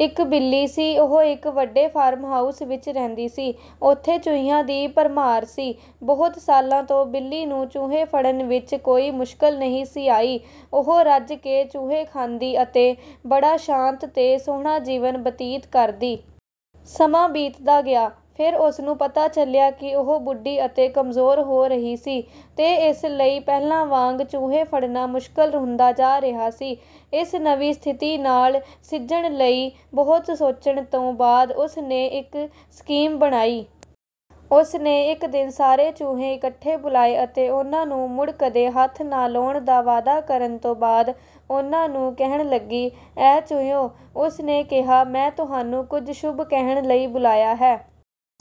ਇੱਕ ਬਿੱਲੀ ਸੀ। ਉਹ ਇੱਕ ਵੱਡੇ ਫਾਰਮ ਹਾਊਸ ਵਿੱਚ ਰਹਿੰਦੀ ਸੀ। ਉੱਥੇ ਚੂਹਿਆਂ ਦੀ ਭਰਮਾਰ ਸੀ। ਬਹੁਤ ਸਾਲਾਂ ਤੋਂ ਬਿੱਲੀ ਨੂੰ ਚੂਹੇ ਫੜਨ ਵਿੱਚ ਕੋਈ ਮੁਸ਼ਕਲ ਨਹੀਂ ਸੀ ਆਈ। ਉਹ ਰੱਜ ਕੇ ਚੂਹੇ ਖਾਂਦੀ ਅਤੇ ਬੜਾ ਸ਼ਾਂਤ ਤੇ ਸੁਹਣਾ ਜੀਵਨ ਬਤੀਤ ਕਰਦੀ। ਸਮਾਂ ਬੀਤਦਾ ਗਿਆ। ਫਿਰ ਉਸਨੂੰ ਪਤਾ ਚੱਲਿਆ ਕਿ ਉਹ ਬੁੱਢੀ ਅਤੇ ਕਮਜ਼ੋਰ ਹੋ ਰਹੀ ਸੀ, ਤੇ ਇਸ ਲਈ ਪਹਿਲਾਂ ਵਾਂਗ ਚੂਹੇ ਫੜਨਾ ਮੁਸ਼ਕਲ ਹੁੰਦਾ ਜਾ ਰਿਹਾ ਸੀ। ਇਸ ਨਵੀਂ ਸਥਿਤੀ ਨਾਲ ਸਿੱਝਣ ਲਈ ਬਹੁਤ ਸੋਚਣ ਤੋਂ ਬਾਅਦ ਉਸ ਨੇ ਇੱਕ ਸਕੀਮ ਬਣਾਈ। ਉਸ ਨੇ ਇੱਕ ਦਿਨ ਸਾਰੇ ਚੂਹੇ ਇਕੱਠੇ ਬੁਲਾਏ ਅਤੇ ਉਨ੍ਹਾਂ ਨੂੰ ਮੁੜ ਕਦੇ ਹੱਥ ਨਾ ਲਾਉਣ ਦਾ ਵਾਅਦਾ ਕਰਨ ਤੋਂ ਬਾਅਦ ਉਨ੍ਹਾਂ ਨੂੰ ਕਹਿਣ ਲੱਗੀ,“ਐ ਚੂਹਿਓ,” ਉਸ ਨੇ ਕਿਹਾ, “ਮੈਂ ਤੁਹਾਨੂੰ ਕੁਝ ਸ਼ੁਭ ਕਹਿਣ ਲਈ ਬੁਲਾਇਆ ਹੈ।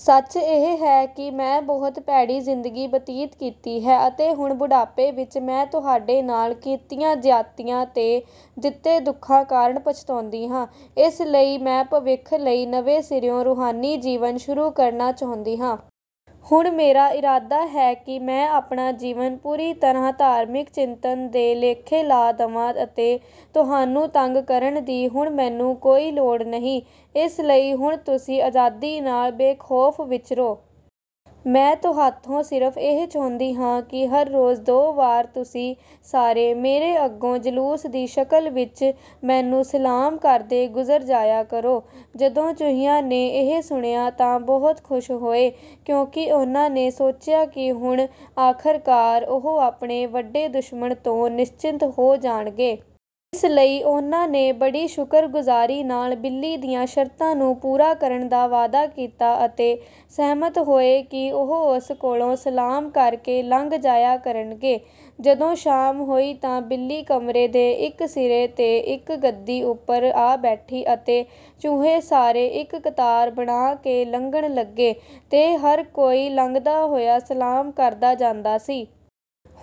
ਸੱਚ ਇਹ ਹੈ ਕਿ ਮੈਂ ਬਹੁਤ ਭੈੜੀ ਜ਼ਿੰਦਗੀ ਬਤੀਤ ਕੀਤੀ ਹੈ, ਅਤੇ ਹੁਣ ਬੁਢਾਪੇ ਵਿੱਚ ਮੈਂ ਤੁਹਾਡੇ ਨਾਲ ਕੀਤੀਆਂ ਜ਼ਿਆਤੀਆਂ ਤੇ ਦਿੱਤੇ ਦੁੱਖਾਂ ਕਾਰਨ ਪਛਤਾਉਂਦੀ ਹਾਂ। ਇਸ ਲਈ ਮੈਂ ਭਵਿੱਖ ਲਈ ਨਵੇਂ ਸਿਰਿਓਂ ਰੂਹਾਨੀ ਜੀਵਨ ਸ਼ੁਰੂ ਕਰਨਾ ਚਾਹੁੰਦੀ ਹਾਂ। ਹੁਣ ਮੇਰਾ ਇਰਾਦਾ ਹੈ ਕਿ ਮੈਂ ਆਪਣਾ ਜੀਵਨ ਪੂਰੀ ਤਰ੍ਹਾਂ ਧਾਰਮਿਕ ਚਿੰਤਨ ਦੇ ਲੇਖੇ ਲਾ ਦਵਾਂ ਅਤੇ ਤੁਹਾਨੂੰ ਤੰਗ ਕਰਨ ਦੀ ਹੁਣ ਮੈਨੂੰ ਕੋਈ ਲੋੜ ਨਹੀਂ। ਇਸ ਲਈ ਹੁਣ ਤੁਸੀਂ ਆਜ਼ਾਦੀ ਨਾਲ ਬੇਖ਼ੌਫ਼ ਵਿਚਰੋ। ਮੈਂ ਤੁਹਾਥੋਂ ਸਿਰਫ਼ ਇਹ ਚਾਹੁੰਦੀ ਹਾਂ ਕਿ ਹਰ ਰੋਜ਼ ਦੋ ਵਾਰ ਤੁਸੀਂ ਸਾਰੇ ਮੇਰੇ ਅੱਗੋਂ ਜਲੂਸ ਦੀ ਸ਼ਕਲ ਵਿੱਚ, ਮੈਨੂੰ ਸਲਾਮ ਕਰਦੇ ਗੁਜ਼ਰ ਜਾਇਆ ਕਰੋ।” ਜਦੋਂ ਚੂਹਿਆਂ ਨੇ ਇਹ ਸੁਣਿਆ ਤਾਂ ਬਹੁਤ ਖੁਸ਼ ਹੋਏ, ਕਿਉਂਕਿ ਉਨ੍ਹਾਂ ਨੇ ਸੋਚਿਆ ਕਿ ਹੁਣ, ਆਖ਼ਰਕਾਰ, ਉਹ ਆਪਣੇ ਵੱਡੇ ਦੁਸ਼ਮਣ ਤੋਂ ਨਿਸਚਿੰਤ ਹੋ ਜਾਣਗੇ। ਇਸ ਲਈ ਉਨ੍ਹਾਂ ਨੇ ਬੜੀ ਸ਼ੁਕਰਗੁਜ਼ਾਰੀ ਨਾਲ ਬਿੱਲੀ ਦੀਆਂ ਸ਼ਰਤਾਂ ਨੂੰ ਪੂਰਾ ਕਰਨ ਦਾ ਵਾਅਦਾ ਕੀਤਾ, ਅਤੇ ਸਹਿਮਤ ਹੋਏ ਕਿ ਉਹ ਉਸ ਕੋਲੋਂ ਸਲਾਮ ਕਰ ਕੇ ਲੰਘ ਜਾਇਆ ਕਰਨਗੇ। ਜਦੋਂ ਸ਼ਾਮ ਹੋਈ ਤਾਂ ਬਿੱਲੀ ਕਮਰੇ ਦੇ ਇੱਕ ਸਿਰੇ ’ਤੇ ਇੱਕ ਗੱਦੀ ਉੱਪਰ ਆ ਬੈਠੀ ਅਤੇ ਚੂਹੇ ਸਾਰੇ ਇੱਕ ਕਤਾਰ ਬਣਾ ਕੇ ਲੰਘਣ ਲੱਗੇ, ਤੇ ਹਰ ਕੋਈ ਲੰਘਦਾ ਹੋਇਆ ਸਲਾਮ ਕਰਦਾ ਜਾਂਦਾ ਸੀ।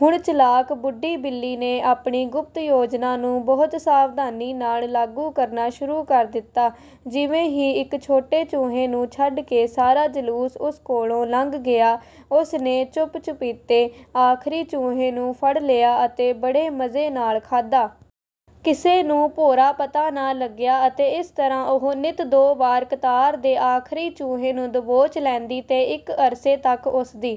ਹੁਣ ਚਲਾਕ ਬੁੱਢੀ ਬਿੱਲੀ ਨੇ ਆਪਣੀ ਗੁਪਤ ਯੋਜਨਾ ਨੂੰ ਬਹੁਤ ਸਾਵਧਾਨੀ ਨਾਲ ਲਾਗੂ ਕਰਨਾ ਸ਼ੁਰੂ ਕਰ ਦਿੱਤਾ। ਜਿਵੇਂ ਹੀ ਇੱਕ ਛੋਟੇ ਚੂਹੇ ਨੂੰ ਛੱਡ ਕੇ ਸਾਰਾ ਜਲੂਸ ਉਸ ਕੋਲੋਂ ਲੰਘ ਗਿਆ, ਉਸ ਨੇ ਚੁੱਪ-ਚੁਪੀਤੇ ਆਖ਼ਰੀ ਚੂਹੇ ਨੂੰ ਫੜ ਲਿਆ ਅਤੇ ਬੜੇ ਮਜ਼ੇ ਨਾਲ ਖਾਧਾ। ਕਿਸੇ ਨੂੰ ਭੋਰਾ ਪਤਾ ਨਾ ਲੱਗਿਆ। ਅਤੇ ਇਸ ਤਰ੍ਹਾਂ ਉਹ ਨਿੱਤ ਦੋ ਵਾਰ ਕਤਾਰ ਦੇ ਆਖ਼ਰੀ ਚੂਹੇ ਨੂੰ ਦਬੋਚ ਲੈਂਦੀ, ਤੇ ਇੱਕ ਅਰਸੇ ਤੱਕ ਉਸ ਦੀ